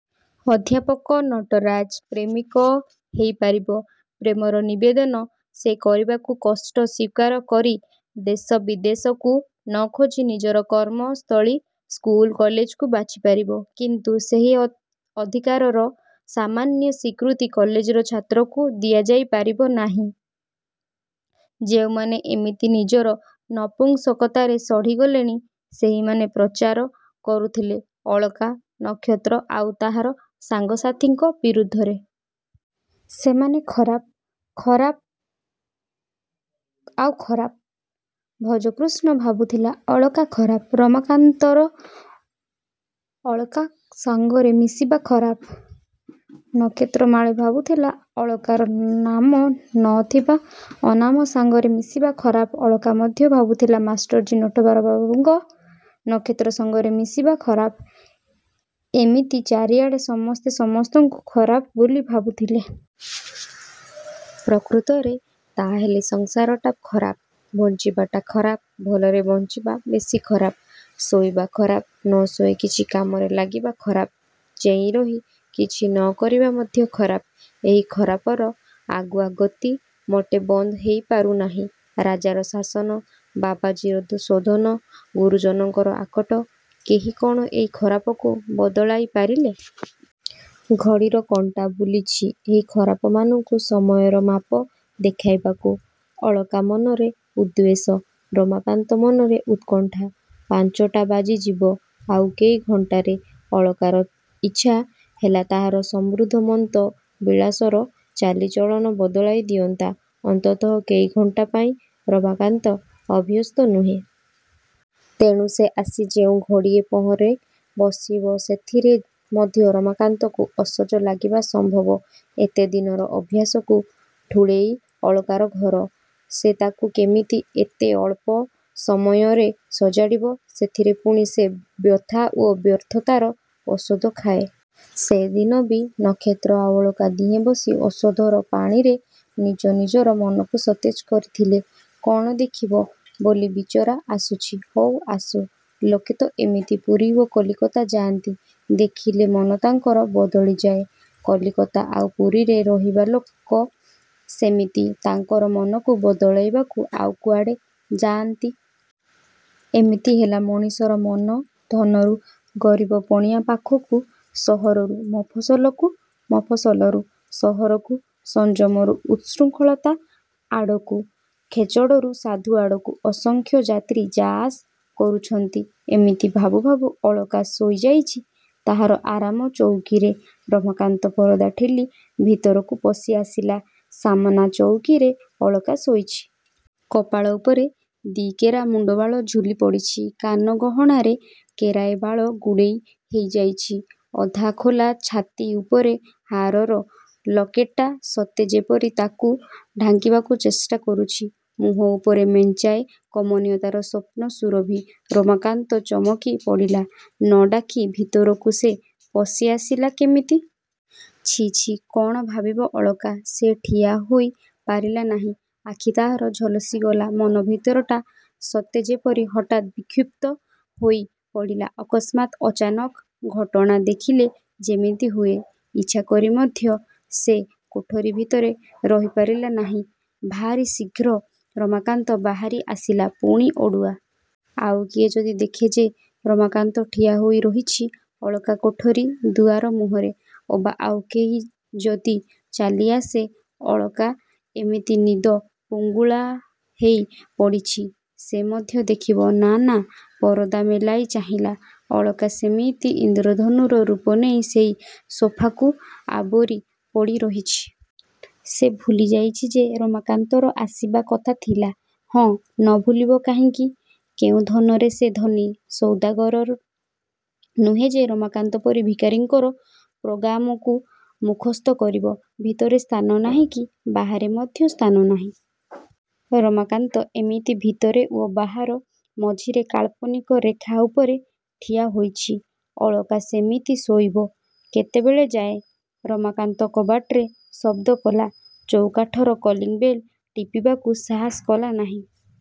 ଅଧ୍ୟାପକ ନଟରାଜ ପ୍ରେମିକ ହେଇ ପାରିବ। ପ୍ରେମର ନିବେଦନ ସେ କରିବାକୁ କଷ୍ଟ ସ୍ୱୀକାର କରି ଦେଶ ବିଦେଶକୁ ନ ଖୋଜି ନିଜର କର୍ମସ୍ଥଳୀ ସ୍କୁଲ କଲେଜକୁ ବାଛି ପାରିବ; କିନ୍ତୁ ସେହି ଅଧିକାରର ସାମାନ୍ୟ ସ୍ୱୀକୃତି କଲେଜର ଛାତ୍ରକୁ ଦିଆଯାଇ ପାରିବ ନାହିଁ। ଯେଉଁମାନେ ଏମିତି ନିଜର ନପୁଂସକତାରେ ସଢ଼ି ଗଲେଣି ସେହିମାନେ ପ୍ରଚାର କରୁଥିଲେ ଅଳକା, ନକ୍ଷତ୍ର ଆଉ ତାହାର ସାଙ୍ଗସାଥୀଙ୍କ ବିରୁଦ୍ଧରେ। ସେମାନେ ଖରାପ-ଖରାପ-ଆଉ ଖରାପ। ଭଜକୃଷ୍ଣ ଭାବୁଥିଲା-ଅଳକା ଖରାପ। ରମାକାନ୍ତର ଅଳକା ସାଙ୍ଗରେ ମିଶିବା ଖରାପ-। ନକ୍ଷତ୍ରମାଳୀ ଭାବୁଥିଲା-ଅଳକାର ନାମ ନ ଥିବା ଅନାମ ସାଙ୍ଗରେ ମିଶିବା ଖରାପ-। ଅଳକା ମଧ୍ୟ ଭାବୁଥିଲା-ମାଷ୍ଟରଜୀ ନଟରାଜବାବୁଙ୍କର ନକ୍ଷତ୍ର ସାଙ୍ଗରେ ମିଶିବା ଖରାପ। ଏମିତି ଚାରିଆଡ଼େ ସମସ୍ତେ ସମସ୍ତଙ୍କୁ ଖରାପ ବୋଲି ଭାବୁଥିଲେ। ପ୍ରକୃତରେ ତାହାହେଲେ ସଂସାରଟା ଖରାପ-ବଞ୍ଚିବାଟା ଖରାପ। ଭଲରେ ବଞ୍ଚିବା ବେଶି ଖରାପ। ଶୋଇବା ଖରାପ-ନ ଶୋଇ କିଛି କାମରେ ଲାଗିବା ଖରାପ। ଚେଇଁରହି କିଛି ନ କରିବା ମଧ୍ୟ ଖରାପ। ଏହି ଖରାପର ଆଗୁଆ ଗତି ମୋଟେ ବନ୍ଦ ହେଇ ପାରୁନାହିଁ। ରାଜାର ଶାସନ, ବାବାଜୀର ଶୋଧନ, ଗୁରୁଜନଙ୍କର ଆକଟ-କେହି କ'ଣ ଏଇ ଖରାପକୁ ବଦଳାଇ ପାରିଲେ? ଘଡ଼ିର କଣ୍ଟା ବୁଲୁଛି ଏହି ଖରାପମାନଙ୍କୁ ସମୟର ମାପ ଦେଖାଇବାକୁ। -ଅଳକା ମନରେ ଉଦ୍ବେଗ। -ରମାକାନ୍ତ ମନରେ ଉତ୍କଣ୍ଠା। ପାଞ୍ଚଟା ବାଜିଯିବ ଆଉ କେଇ ଘଣ୍ଟାରେ। ଅଳକାର ଇଚ୍ଛା ହେଲା ତାହାର ସମୃଦ୍ଧିମନ୍ତ ବିଳାସର ଚାଲିଚଳନ ବଦଳାଇ ଦିଅନ୍ତା-ଅନ୍ତତଃ କେଇ ଘଣ୍ଟା ପାଇଁ। ରମାକାନ୍ତ ଅଭ୍ୟସ୍ତ ନୁହେଁ। ତେଣୁ ସେ ଆସି ଯେଉଁ ଘଡ଼ିଏ ପହରେ ବସିବ ସେଥିରେ ମଧ୍ୟ ରମାକାନ୍ତକୁ ଅସଜ ଲାଗିବା ସମ୍ଭବ। ଏତେ ଦିନର ଅଭ୍ୟାସକୁ ଠୁଳେଇ ଅଳକାର ଘର। ସେ ତା'କୁ କେମିତି ଏତେ ଅଳ୍ପ ସମୟରେ ସଜାଡ଼ିବ? ସେଥିରେ ପୁଣି ସେ ବ୍ୟଥା ଓ ବ୍ୟର୍ଥତାର ଔଷଧ ଖାଏ। ସେଦିନ ବି ନକ୍ଷତ୍ର ଆଉ ଅଳକା ଦିହେଁ ବସି ଔଷଧର ପାଣିରେ ନିଜ ନିଜର ମନକୁ ସତେଜ କରିଥିଲେ। -କ'ଣ ଦେଖିବ ବୋଲି ବିଚରା ଆସୁଛି? -ହଉ, ଆସୁ। ଲୋକେ ତ ଏମିତି ପୁରୀ ଓ କଲିକତା ଯାଆନ୍ତି-ଦେଖିଲେ ମନ ତାଙ୍କର ବଦଳିଯାଏ। କଲିକତା ଆଉ ପୁରୀରେ ରହିବା ଲୋକ ସେମିତି ତାଙ୍କର ମନକୁ ବଦଳାଇବାକୁ ଆଉ କୁଆଡ଼େ ଯାଆନ୍ତି। ଏମିତି ହେଲା ମଣିଷର ମନ-ଧନରୁ ଗରିବ ପଣିଆ ପାଖକୁ-ସହରରୁ ମଫସଲକୁ-ମଫସଲରୁ ସହରକୁ-ସଂଯମରୁ ଉତ୍ସୃଙ୍ଖଳତା ଆଡ଼କୁ-ଖେଚଡ଼ରୁ ସାଧୁ ଆଡ଼କୁ-ଅସଂଖ୍ୟ ଯାତ୍ରୀ ଯା ଆସ କରୁଛନ୍ତି। ଏମିତି ଭାବୁ ଭାବୁ ଅଳକା ଶୋଇ ଯାଇଛି ତାହାର ଆରାମ ଚଉକୀରେ। ରମାକାନ୍ତ ପରଦା ଠେଲି ଭିତରକୁ ପଶି ଆସିଲା। ସାମନା ଚଉକୀରେ ଅଳକା ଶୋଇଛି। କପାଳ ଉପରେ ଦି'କେରା ମୁଣ୍ଡବାଳ ଝୁଲି ପଡ଼ିଛି। କାନ ଗହଣାରେ କେରାଏ ବାଳ ଗୁଡ଼େଇ ହେଇ ଯାଇଛି। ଅଧା ଖୋଲା ଛାତି ଉପରେ ହାରର ଲକେଟ୍ଟା ସତେ ଯେପରି ତାକୁ ଢାଙ୍କିବାକୁ ଚେଷ୍ଟା କରୁଛି। ମୁଁହ ଉପରେ ମେଞ୍ଚାଏ କମନୀୟତାର ସ୍ୱପ୍ନ-ସୁରଭି। ରମାକାନ୍ତ ଚମକି ପଡ଼ିଲା-ନ ଡାକି ଭିତରକୁ ସେ ପଶି ଆସିଲା କେମିତି? -ଛି, ଛି-କ'ଣ ଭାବିବ ଅଳକା? ସେ ଠିଆ ହୋଇ ପାରିଲା ନାହିଁ। ଆଖି ତାହାର ଝଲସିଗଲା। ମନ ଭିତରଟା ସତେ ଯେପରି ହଠାତ୍ ବିକ୍ଷୁବ୍ଧ ହୋଇ ପଡ଼ିଲା-ଅକସ୍ମାତ୍ ଅଚାନକ ଘଟଣା ଦେଖିଲେ ଯେମିତି ହୁଏ। ଇଚ୍ଛାକରି ମଧ୍ୟ ସେ କୋଠରୀ ଭିତରେ ରହିପାରିଲା ନାହିଁ। ଭାରି ଶୀଘ୍ର ରମାକାନ୍ତ ବାହାରି ଆସିଲା-ପୁଣି ଅଡ଼ୁଆ। ଆଉ କିଏ ଯଦି ଦେଖେ ଯେ ରମାକାନ୍ତ ଠିଆ ହୋଇ ରହିଛି ଅଳକାର କୋଠରୀ ଦୁଆର ମୁହଁରେ। ଅବା ଆଉ କେହି ଯଦି ଚାଲିଆସେ-ଅଳକା ଏମିତି ନିଦ-ଫୁଙ୍ଗୁଳା ହେଇ ପଡ଼ିଛି-ସେ ମଧ୍ୟ ଦେଖିବ? -ନା-ନା। ପରଦା ମେଳାଇ ଚାହିଁଲା। ଅଳକା ସେମିତି ଇନ୍ଦ୍ରଧନୁର ରୂପ ନେଇ ସେଇ ସୋଫାକୁ ଆବୋରି ପଡ଼ି ରହିଛି। ସେ ଭୁଲି ଯାଇଛି ଯେ ରମାକାନ୍ତର ଆସିବା କଥା ଥିଲା ହଁ, ନ ଭୁଲିବ କାହିଁକି? କେଉଁ ଧନରେ ସେ ଧନୀ ସୌଦାଗର ନୁହେଁ ଯେ ରମାକାନ୍ତ ପରି ଭିକାରୀଙ୍କର ପ୍ରୋଗାମକୁ ମୁଖସ୍ଥ କରିବ? ଭିତରେ ସ୍ଥାନ ନାହିଁ। କି ବାହାରେ ମଧ୍ୟ ସ୍ଥାନ ନାହିଁ। ରମାକାନ୍ତ ଏମିତି ଭିତରେ ଓ ବାହାର ମଝିରେ କାଳ୍ପନିକ ରେଖା ଉପରେ ଠିଆ ହୋଇଛି। ଅଳକା ସେମିତି ଶୋଇବ କେତେବେଳ ଯାଏ? ରମାକାନ୍ତ କବାଟରେ ଶବ୍ଦ କଲା। ଚୌକାଠର କଲିଙ୍ଗ୍ ବେଲ୍ ଟିପିବାକୁ ସାହସ କଲା ନାହିଁ।